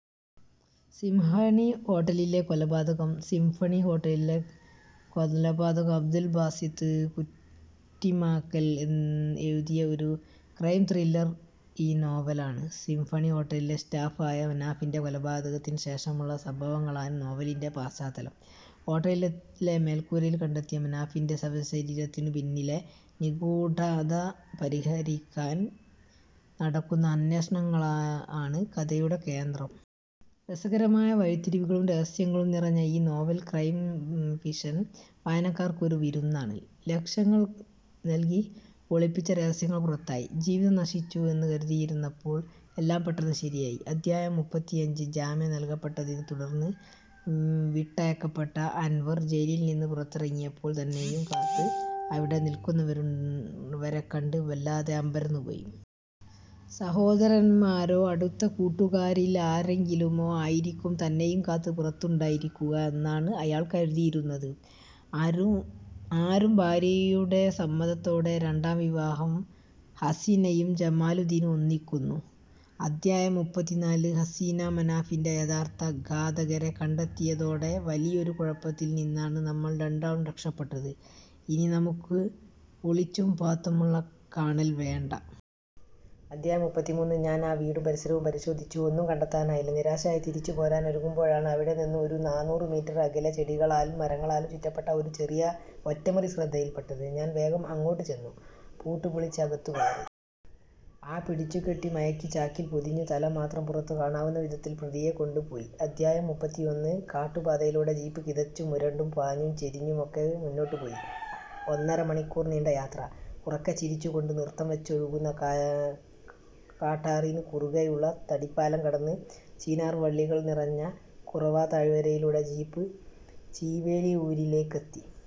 Symphony ഹോട്ടൽലിലെ കൊലപാതകം 'symphony ഹോട്ടൽലിലെ കൊലപാതകം' അബ്ദുൽ ബാസിത്ത് കുറ്റിമാക്കൽ എഴുതിയ ഒരു ക്രൈം ത്രില്ലർ ഇ-നോവലാണ്. സിംഫണി ഹോട്ടലിലെ സ്റ്റാഫ് ആയ മനാഫിന്റെ കൊലപാതകത്തിനു ശേഷമുള്ള സംഭവങ്ങളാണ് നോവലിന്റെ പശ്ചാത്തലം. ഹോട്ടലിലെ മേൽക്കൂരയിൽ കണ്ടെത്തിയ മനാഫിന്റെ ശവശരീരത്തിനു പിന്നിലെ നിഗൂഢത പരിഹരിക്കാൻ നടക്കുന്ന അന്വേഷണങ്ങളാണ് കഥയുടെ കേന്ദ്രം. രസകരമായ വഴിത്തിരിവുകളും രഹസ്യങ്ങളും നിറഞ്ഞ ഈ നോവൽ ക്രൈം ഫിക്ഷൻ വായനക്കാര്ക്ക് ഒരു വിരുന്നാണ്. 'ലക്ഷങ്ങൾ നൽകി ഒളിപ്പിച്ച രഹസ്യങ്ങൾ പുറത്തായി, ജീവിതം നശിച്ചു എന്ന് കരുതിയിരുന്നപ്പോൾ എല്ലാം പെട്ടെന്ന് ശരിയായി' അധ്യായം: മുപ്പത്തിയഞ്ച് ജാമ്യം നൽകപ്പെട്ടതിനെത്തുടർന്ന് വിട്ടയക്കപ്പെട്ട അൻവർ, ജയിലിൽ നിന്ന് പുറത്തിറങ്ങിയപ്പോൾ തന്നെയും കാത്ത് അവിടെ നിൽക്കുന്നവരെക്കണ്ട് വല്ലാതെ അമ്പരന്ന് പോയി! സഹോദരന്മാരോ, അടുത്ത കൂട്ടുകാരിലാരെങ്കിലുമോ ആയിരിക്കും തന്നെയും കാത്ത് പുറത്തുണ്ടായിരിക്കുക എന്നാണ് അയാൾ കരുതിയിരുന്നത്. ആരും ഭാര്യയുടെ സമ്മതത്തോടെ രണ്ടാം വിവാഹം; 'ഹസീനയും ജമാലുദ്ധീനും ഒന്നിക്കുന്നു' അധ്യായം: മുപ്പത്തിനാല് "ഹസീനാ... മനാഫിന്റെ യഥാർത്ഥ ഘാതകരെ കണ്ടെത്തിയതോടെ വലിയൊരു കുഴപ്പത്തിൽ നിന്നാണ് നമ്മൾ രണ്ടാളും രക്ഷപ്പെട്ടത്. ഇനി നമുക്ക് ഒളിച്ചും പാത്തുമുള്ള കാണൽ വേണ്ട. ' അധ്യായം: മുപ്പത്തിമൂന്ന് "ഞാൻ ആ വീടും പരിസരവും പരിശോധിച്ചു. ഒന്നും കണ്ടെത്താനായില്ല. നിരാശനായി തിരിച്ചു പോരാനൊരുങ്ങുമ്പോഴാണ് അവിടെ നിന്നും ഒരു നാനൂറ് മീറ്റർ അകലെ ചെടികളാലും മരങ്ങളാലും ചുറ്റപ്പെട്ട ഒരു ചെറിയ ഒറ്റമുറി ശ്രദ്ധയിൽ പെട്ടത്. ഞാൻ വേഗം അങ്ങോട്ട് ചെന്നു. പൂട്ട് പൊളിച്ച് അകത്തു കയറി. ആ 'പിടിച്ചു കെട്ടി, മയക്കി ചാക്കിൽ പൊതിഞ്ഞു; തല മാത്രം പുറത്തു കാണാവുന്ന വിധത്തിൽ പ്രതിയെ കൊണ്ടു പോയി' അധ്യായം: മുപ്പത്തിയൊന്ന് കാട്ടുപാതയിലൂടെ ജീപ്പ് കിതച്ചും മുരണ്ടും ചാഞ്ഞും ചെരിഞ്ഞുമൊക്കെ മുന്നോട്ട് പോയി. ഒന്നര മണിക്കൂർ നീണ്ട യാത്ര... ഉറക്കെ ചിരിച്ചു കൊണ്ട് നൃത്തം വെച്ചൊഴുകുന്ന കാട്ടാറിന് കുറുകെയുള്ള തടിപ്പാലം കടന്ന്, ചിനാർ വള്ളികൾ നിറഞ്ഞ കുറവാ താഴ്വരയിലൂടെ ജീപ്പ് ചീവേലി ഊരിലേക്കെത്തി.